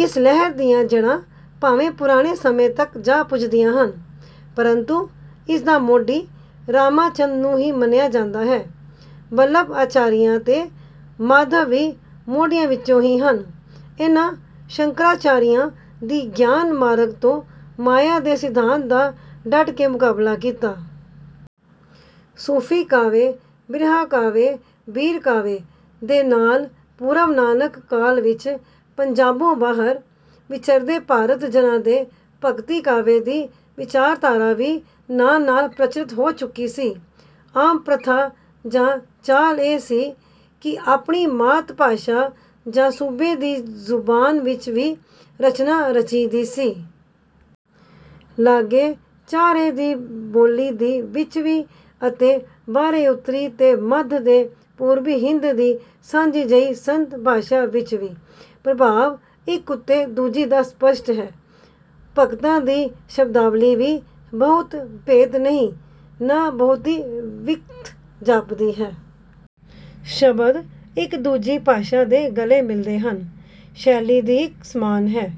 ਇਸ ਲਹਿਰ ਦੀਆਂ ਜੜ੍ਹਾਂ ਭਾਵੇਂ ਪੁਰਾਣੇ ਸਮੇਂ ਤੱਕ ਜਾ ਪੁੱਜਦੀਆਂ ਹਨ। ਪ੍ਰੰਤੂ ਇਸ ਦਾ ਮੋਢੀ ਰਾਮਾਚੰਦ ਨੂੰ ਹੀ ਮੰਨਿਆ ਜਾਂਦਾ ਹੈ। ਵਲਭ ਅਚਾਰੀਆ ਤੇ ਮਾਧਵ ਵੀ ਮੋਢੀਆਂ ਵਿੱਚੋਂ ਹੀ ਹਨ। ਇਨ੍ਹਾਂ ਸ਼ੰਕਰਾਚਾਰੀਆ ਦੀ ਗਿਆਨ ਮਾਰਗ ਤੋ ਮਾਇਆ ਦੇ ਸਿਧਾਂਤ ਦਾ ਡੱਟ ਕੇ ਮੁਕਾਬਲਾ ਕੀਤਾ। ਸੂਫੀ ਕਾਵਿ ਬ੍ਰਿਹਾ ਕਾਵਿ ਬੀਰ ਕਾਵਿ ਦੇ ਨਾਲ ਪੂਰਵ ਨਾਨਕ ਕਾਲ ਵਿੱਚ ਪੰਜਾਬੋਂ ਬਾਹਰ ਵਿਚਰਦੇ ਭਾਗਤ ਜਨਾਂ ਦੇ ਭਗਤੀ ਕਾਵਿ ਦੀ ਵਿਚਾਰਧਾਰਾ ਵੀ ਨਾਲ ਨਾਲ ਪ੍ਰਚੱਲਤ ਹੋ ਚੁੱਕੀ ਸੀ। ਆਮ ਪ੍ਰਥਾ ਜਾਂ ਚਾਲ ਇਹ ਸੀ ਕਿ ਆਪਣੀ ਮਾਤ ਭਾਸ਼ਾ ਜਾਂ ਸੂਬੇ ਦੀ ਜ਼ੁਬਾਨ ਵਿੱਚ ਵੀ ਰਚਨਾ ਰਚੀਂਦੀ ਸੀ। ਲਾਗੇ ਚਾਰਹੇ ਦੀ ਬੋਲੀ ਦੀ ਵਿੱਚ ਵੀ ਅਤੇ ਬਾਰੇ ਉੱਤਰੀ ਤੇ ਮੱਧ ਤੇ ਪੂਰਬੀ ਹਿੰਦ ਦੀ ਸਾਂਝੀ ਜਹੀ ਸੰਤ ਭਾਸ਼ਾ ਵਿੱਚ ਵੀ। ਪ੍ਰਭਾਵ ਇੱਕ ਉੱਤੇ ਦੂਜੀ ਦਾ ਸਪੱਸ਼ਟ ਹੈ। ਭਗਤਾਂ ਦੀ ਸ਼ਬਦਾਵਲੀ ਵੀ ਬਹੁਤ ਭੇਤ ਨਹੀਂ ਨਾ ਬਹੁਤੀ ਵਿੱਥ ਜਾਪਦੀ ਹੈ। ਸ਼ਬਦ ਇੱਕ ਦੂਜੀ ਭਾਸ਼ਾ ਦੇ ਰਲੇ ਮਿਲਦੇ ਹਨ। ਸ਼ੈਲੀ ਦੀ ਇੱਕ ਸਮਾਨ ਹੈ।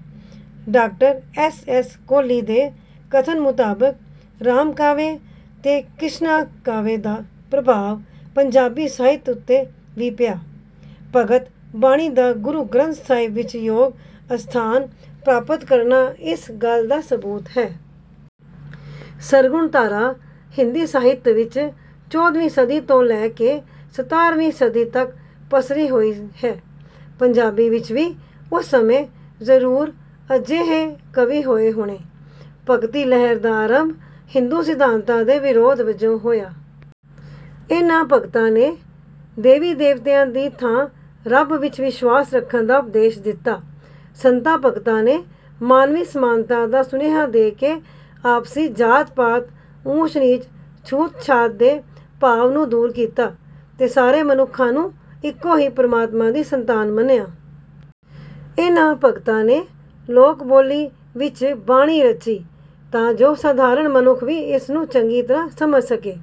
ਡਾਕਟਰ ਐਸ ਐਸ ਕੋਹਲੀ ਦੇ ਕਥਨ ਮੁਤਾਬਿਕ ਰਾਮ ਕਾਵਿ ਤੇ ਕਿਸ਼ਨਾ ਕਾਵਿ ਦਾ ਪ੍ਰਭਾਵ ਪੰਜਾਬੀ ਸਾਹਿਤ ਉੱਤੇ ਵੀ ਪਿਆ। ਭਗਤ ਬਾਣੀ ਦਾ ਗੁਰੂ ਗ੍ਰੰਥ ਸਾਹਿਬ ਵਿੱਚ ਯੋਗ ਅਸਥਾਨ ਪ੍ਰਾਪਤ ਕਰਨਾ ਇਸ ਗੱਲ ਦਾ ਸਬੂਤ ਹੈ। ਸਰਗੁਣ ਧਾਰਾ ਹਿੰਦੀ ਸਾਹਿਤ ਵਿੱਚ ਚੌਧਵੀਂ ਸਦੀ ਤੋਂ ਲੈ ਕੇ ਸਤਾਰਵੀਂ ਸਦੀ ਤੱਕ ਪਸਰੀ ਹੋਈ ਹੈ। ਪੰਜਾਬੀ ਵਿੱਚ ਵੀ ਉਸ ਸਮੇਂ ਜਰੂਰ ਅਜਿਹੇ ਕਵੀ ਹੋਏ ਹੋਣੇ। ਭਗਤੀ ਲਹਿਰ ਦਾ ਆਰੰਭ ਹਿੰਦੂ ਸਿਧਾਂਤਾਂ ਦੇ ਵਿਰੋਧ ਵਜੋਂ ਹੋਇਆ। ਇਹਨਾਂ ਭਗਤਾਂ ਨੇ ਦੇਵੀ ਦੇਵਤਿਆਂ ਦੀ ਥਾਂ ਰੱਬ ਵਿੱਚ ਵਿਸ਼ਵਾਸ ਰੱਖਣ ਦਾ ਉਪਦੇਸ਼ ਦਿੱਤਾ। ਸੰਤਾਂ ਭਗਤਾਂ ਨੇ ਮਾਨਵੀ ਸਮਾਨਤਾ ਦਾ ਸੁਨੇਹਾ ਦੇ ਕੇ ਆਪਸੀ ਜਾਤ ਪਾਤ ਊਚ ਨੀਚ ਛੂਤ ਛਾਤ ਦੇ ਭਾਵ ਨੂੰ ਦੂਰ ਕੀਤਾ ਤੇ ਸਾਰੇ ਮਨੁੱਖਾਂ ਨੂੰ ਇੱਕੋ ਹੀ ਪ੍ਰਮਾਤਮਾ ਦੀ ਸੰਤਾਨ ਮੰਨਿਆ। ਇਹਨਾਂ ਭਗਤਾਂ ਨੇ ਲੋਕ ਬੋਲੀ ਵਿੱਚ ਬਾਣੀ ਰਚੀ ਤਾਂ ਜੋ ਸਧਾਰਨ ਮਨੁੱਖ ਵੀ ਇਸ ਨੂੰ ਚੰਗੀ ਤਰ੍ਹਾਂ ਸਮਝ ਸਕੇ।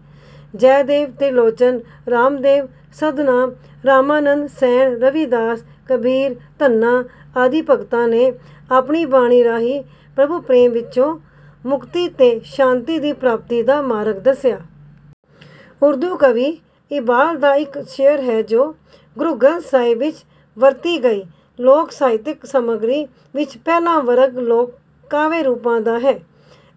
ਜੈ ਦੇਵ ਤ੍ਰਿਲੋਚਨ ਰਾਮਦੇਵ ਸਧਨਾ ਰਾਮਾਨੰਦ ਸੈਣ ਰਵੀਦਾਸ ਕਬੀਰ ਧੰਨਾ ਆਦਿ ਭਗਤਾਂ ਨੇ ਆਪਣੀ ਬਾਣੀ ਰਾਹੀਂ ਪ੍ਰਭੂ ਪ੍ਰੇਮ ਵਿੱਚੋਂ ਮੁਕਤੀ ਤੇ ਸ਼ਾਂਤੀ ਦੀ ਪ੍ਰਾਪਤੀ ਦਾ ਮਾਰਗ ਦੱਸਿਆ। ਉਰਦੂ ਕਵੀ ਇਬਾਲ ਦਾ ਇੱਕ ਸ਼ੇਅਰ ਹੈ ਜੋ। ਗੁਰੂ ਗ੍ਰੰਥ ਸਾਹਿਬ ਵਿੱਚ ਵਰਤੀ ਗਈ ਲੋਕ ਸਾਹਿਤਿਕ ਸਮੱਗਰੀ ਵਿੱਚ ਪਹਿਲਾ ਵਰਗ ਲੋਕ ਕਾਵਿ ਰੂਪਾਂ ਦਾ ਹੈ।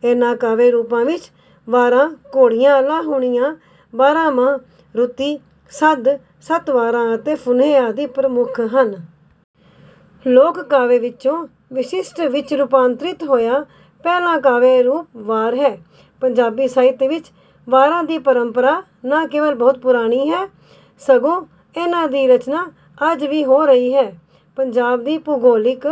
ਇਹਨਾਂ ਕਾਵਿ ਰੂਪਾਂ ਵਿੱਚ ਵਾਰਾਂ ਘੋੜੀਆਂ ਅਲਾਹੁਣੀਆਂ ਬਾਰਾਮਾਹ ਰੁੱਤੀ ਸੱਦ ਸਤਵਾਰਾ ਅਤੇ ਫੁਨਹੇ ਆਦਿ ਪ੍ਰਮੁੱਖ ਹਨ। ਲੋਕ ਕਾਵਿ ਵਿੱਚੋਂ ਵਿਸ਼ਸ਼ਿਟ ਵਿੱਚ ਰੂਪਾਂਤਰਿਤ ਹੋਇਆ ਪਹਿਲਾ ਕਾਵਿ ਰੂਪ ਵਾਰ ਹੈ। ਪੰਜਾਬੀ ਸਾਹਿਤ ਵਿੱਚ ਵਾਰਾਂ ਦੀ ਪਰੰਪਰਾ ਨਾ ਕੇਵਲ ਬਹੁਤ ਪੁਰਾਣੀ ਹੈ ਸਗੋਂ ਇਹਨਾਂ ਦੀ ਰਚਨਾ ਅੱਜ ਵੀ ਹੋ ਰਹੀ ਹੈ। ਪੰਜਾਬ ਦੀ ਭੂਗੋਲਿਕ।